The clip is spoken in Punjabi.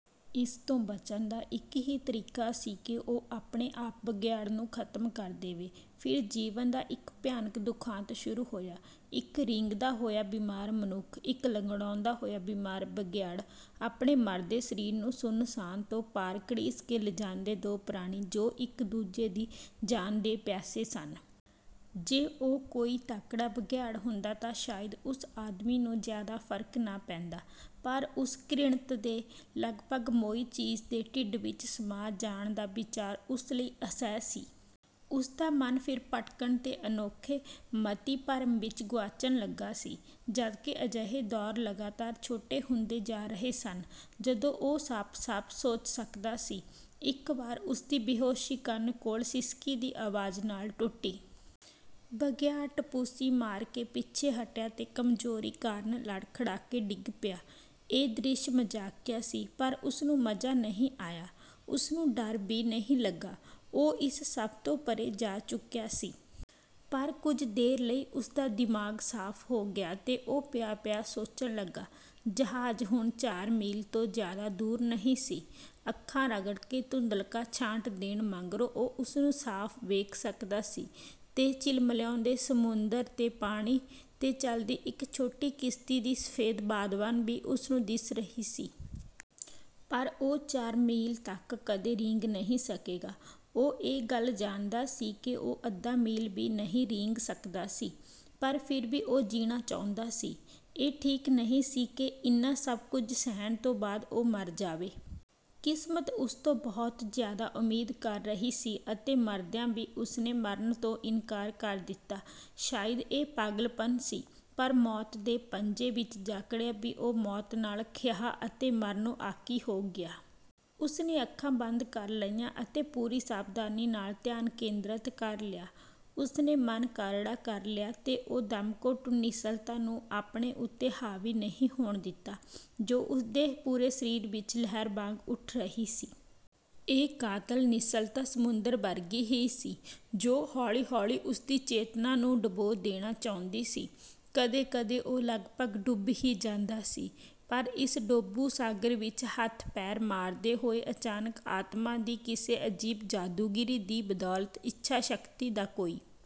ਇਸ ਤੋਂ ਬਚਣ ਦਾ ਇੱਕ ਹੀ ਤਰੀਕਾ ਸੀ ਕਿ ਉਹ ਆਪਣੇ ਆਪ ਬਘਿਆੜ ਨੂੰ ਖਤਮ ਕਰ ਦੇਵੇ। ਫਿਰ ਜੀਵਨ ਦਾ ਇੱਕ ਭਿਆਨਕ ਦੁਖਾਂਤ ਸ਼ੁਰੂ ਹੋਇਆ – ਇੱਕ ਰੀਂਗਦਾ ਹੋਇਆ ਬਿਮਾਰ ਮਨੁੱਖ, ਇੱਕ ਲੰਗੜਾਉਂਦਾ ਹੋਇਆ ਬਿਮਾਰ ਬਘਿਆੜ, ਆਪਣੇ ਮਰਦੇ ਸਰੀਰ ਨੂੰ ਸੁੰਨ੍ਹਸਾਨ ਤੋਂ ਪਾਰ ਘਸੀੜ ਕੇ ਲਿਜਾਂਦੇ ਦੋ ਪ੍ਰਾਣੀ, ਜੋ ਇੱਕ-ਦੂਜੇ ਦੀ ਜਾਨ ਦੇ ਪਿਆਸੇ ਸਨ। ਜੇ ਉਹ ਕੋਈ ਤਕੜਾ ਬਘਿਆੜ ਹੁੰਦਾ ਤਾਂ ਸ਼ਾਇਦ ਉਸ ਆਦਮੀ ਨੂੰ ਜ਼ਿਆਦਾ ਫਰਕ ਨਾ ਪੈਂਦਾ, ਪਰ ਉਸ ਘ੍ਰਿਣਤ ਤੇ ਲਗਭਗ ਮੋਈ ਚੀਜ਼ ਦੇ ਢਿੱਡ ਵਿੱਚ ਸਮਾ ਜਾਣ ਦਾ ਵਿਚਾਰ ਉਸ ਲਈ ਅਸਹਿ ਸੀ। ਉਸਦਾ ਮਨ ਫਿਰ ਭਟਕਣ ਤੇ ਅਨੋਖੇ ਮਤੀਭਰਮ ਵਿੱਚ ਗੁਆਚਣ ਲੱਗਾ ਸੀ, ਜਦਕਿ ਅਜਿਹੇ ਦੌਰ ਲਗਾਤਾਰ ਛੋਟੇ ਹੁੰਦੇ ਜਾ ਰਹੇ ਸਨ, ਜਦੋਂ ਉਹ ਸਾਫ਼-ਸਾਫ਼ ਸੋਚ ਸਕਦਾ ਸੀ। ਇੱਕ ਵਾਰ ਉਸਦੀ ਬੇਹੋਸ਼ੀ ਕੰਨ ਕੋਲ ਸਿਸਕੀ ਦੀ ਅਵਾਜ਼ ਨਾਲ਼ ਟੁੱਟੀ। ਬਘਿਆੜ ਟਪੂਸੀ ਮਾਰ ਕੇ ਪਿੱਛੇ ਹਟਿਆ ਤੇ ਕਮਜ਼ੋਰੀ ਕਾਰਨ ਲੜਖੜਾਕੇ ਡਿੱਗ ਪਿਆ। ਇਹ ਦ੍ਰਿਸ਼ ਮਜ਼ਾਕੀਆ ਸੀ, ਪਰ ਉਸਨੂੰ ਮਜ਼ਾ ਨਹੀਂ ਆਇਆ। ਉਸਨੂੰ ਡਰ ਵੀ ਨਹੀਂ ਲੱਗਾ। ਉਹ ਇਸ ਸਭ ਤੋਂ ਪਰ੍ਹੇ ਜਾ ਚੁੱਕਿਆ ਸੀ। ਪਰ ਕੁੱਝ ਦੇਰ ਲਈ ਉਸਦਾ ਦਿਮਾਗ਼ ਸਾਫ਼ ਹੋ ਗਿਆ ਤੇ ਉਹ ਪਿਆ-ਪਿਆ ਸੋਚਣ ਲੱਗਾ। ਜਹਾਜ਼ ਹੁਣ ਚਾਰ ਮੀਲ ਤੋਂ ਜ਼ਿਆਦਾ ਦੂਰ ਨਹੀਂ ਸੀ। ਅੱਖਾਂ ਰਗੜਕੇ ਧੁੰਦਲ਼ਕਾ ਛਾਂਟ ਦੇਣ ਮਗਰੋਂ ਉਹ ਉਸਨੂੰ ਸਾਫ਼ ਵੇਖ ਸਕਦਾ ਸੀ ਤੇ ਝਿਲਮਿਲਾਉਂਦੇ ਸਮੁੰਦਰ ਦੇ ਪਾਣੀ 'ਤੇ ਚੱਲਦੀ ਇੱਕ ਛੋਟੀ ਕਿਸ਼ਤੀ ਦੀ ਸਫੇਦ ਬਾਦਵਾਨ ਵੀ ਉਸਨੂੰ ਦਿਸ ਰਹੀ ਸੀ। ਪਰ ਉਹ ਚਾਰ ਮੀਲ ਤੱਕ ਕਦੇ ਰੀਂਗ ਨਹੀਂ ਸਕੇਗਾ। ਉਹ ਇਹ ਗੱਲ ਜਾਣਦਾ ਸੀ ਕਿ ਉਹ ਅੱਧਾ ਮੀਲ ਵੀ ਨਹੀਂ ਰੀਂਗ ਸਕਦਾ ਸੀ। ਪਰ ਫਿਰ ਵੀ ਉਹ ਜੀਣਾ ਚਾਹੁੰਦਾ ਸੀ। ਇਹ ਠੀਕ ਨਹੀਂ ਸੀ ਕਿ ਇੰਨਾ ਸਭ ਕੁੱਝ ਸਹਿਣ ਤੋਂ ਬਾਅਦ ਉਹ ਮਰ ਜਾਵੇ। ਕਿਸਮਤ ਉਸਤੋਂ ਬਹੁਤ ਜ਼ਿਆਦਾ ਉਮੀਦ ਕਰ ਰਹੀ ਸੀ ਅਤੇ ਮਰਦਿਆਂ ਵੀ ਉਸਨੇ ਮਰਨ ਤੋਂ ਇਨਕਾਰ ਕਰ ਦਿੱਤਾ। ਸ਼ਾਇਦ ਇਹ ਪਾਗਲਪਣ ਸੀ, ਪਰ ਮੌਤ ਦੇ ਪੰਜੇ ਵਿੱਚ ਜਕੜਿਆਂ ਵੀ ਉਹ ਮੌਤ ਨਾਲ਼ ਖਹਿਆ ਅਤੇ ਮਰਨੋਂ ਆਕੀ ਹੋ ਗਿਆ। ਉਸਨੇ ਅੱਖਾਂ ਬੰਦ ਕਰ ਲਈਆਂ ਅਤੇ ਪੂਰੀ ਸਾਵਧਾਨੀ ਨਾਲ਼ ਧਿਆਨ ਕੇਂਦਰਤ ਕਰ ਲਿਆ। ਉਸਨੇ ਮਨ ਕਰੜਾ ਕਰ ਲਿਆ ਤੇ ਉਸ ਦਮਘੋਟੂ ਨਿੱਸਲ਼ਤਾ ਨੂੰ ਆਪਣੇ ਉੱਤੇ ਹਾਵੀ ਨਹੀਂ ਹੋਣ ਦਿੱਤਾ, ਜੋ ਉਸਦੇ ਪੂਰੇ ਸਰੀਰ ਵਿੱਚ ਲਹਿਰ ਵਾਂਗ ਉੱਠ ਰਹੀ ਸੀ। ਇਹ ਕਾਤਲ ਨਿੱਸਲ਼ਤਾ ਸਮੁੰਦਰ ਵਰਗੀ ਹੀ ਸੀ, ਜੋ ਹੌਲੀ-ਹੌਲੀ ਉਸਦੀ ਚੇਤਨਾ ਨੂੰ ਡੁਬੋ ਦੇਣਾ ਚਾਹੁੰਦੀ ਸੀ। ਕਦੇ-ਕਦੇ ਉਹ ਲਗਭਗ ਡੁੱਬ ਹੀ ਜਾਂਦਾ ਸੀ; ਪਰ ਇਸ ਡੋਬੂ ਸਾਗਰ ਵਿੱਚ ਹੱਥ-ਪੈਰ ਮਾਰਦੇ ਹੋਏ ਅਚਾਨਕ ਆਤਮਾ ਦੀ ਕਿਸੇ ਅਜੀਬ ਜਾਦੂਗਿਰੀ ਦੀ ਬਦੌਲਤ ਇੱਛਾ-ਸ਼ਕਤੀ ਦਾ ਕੋਈ...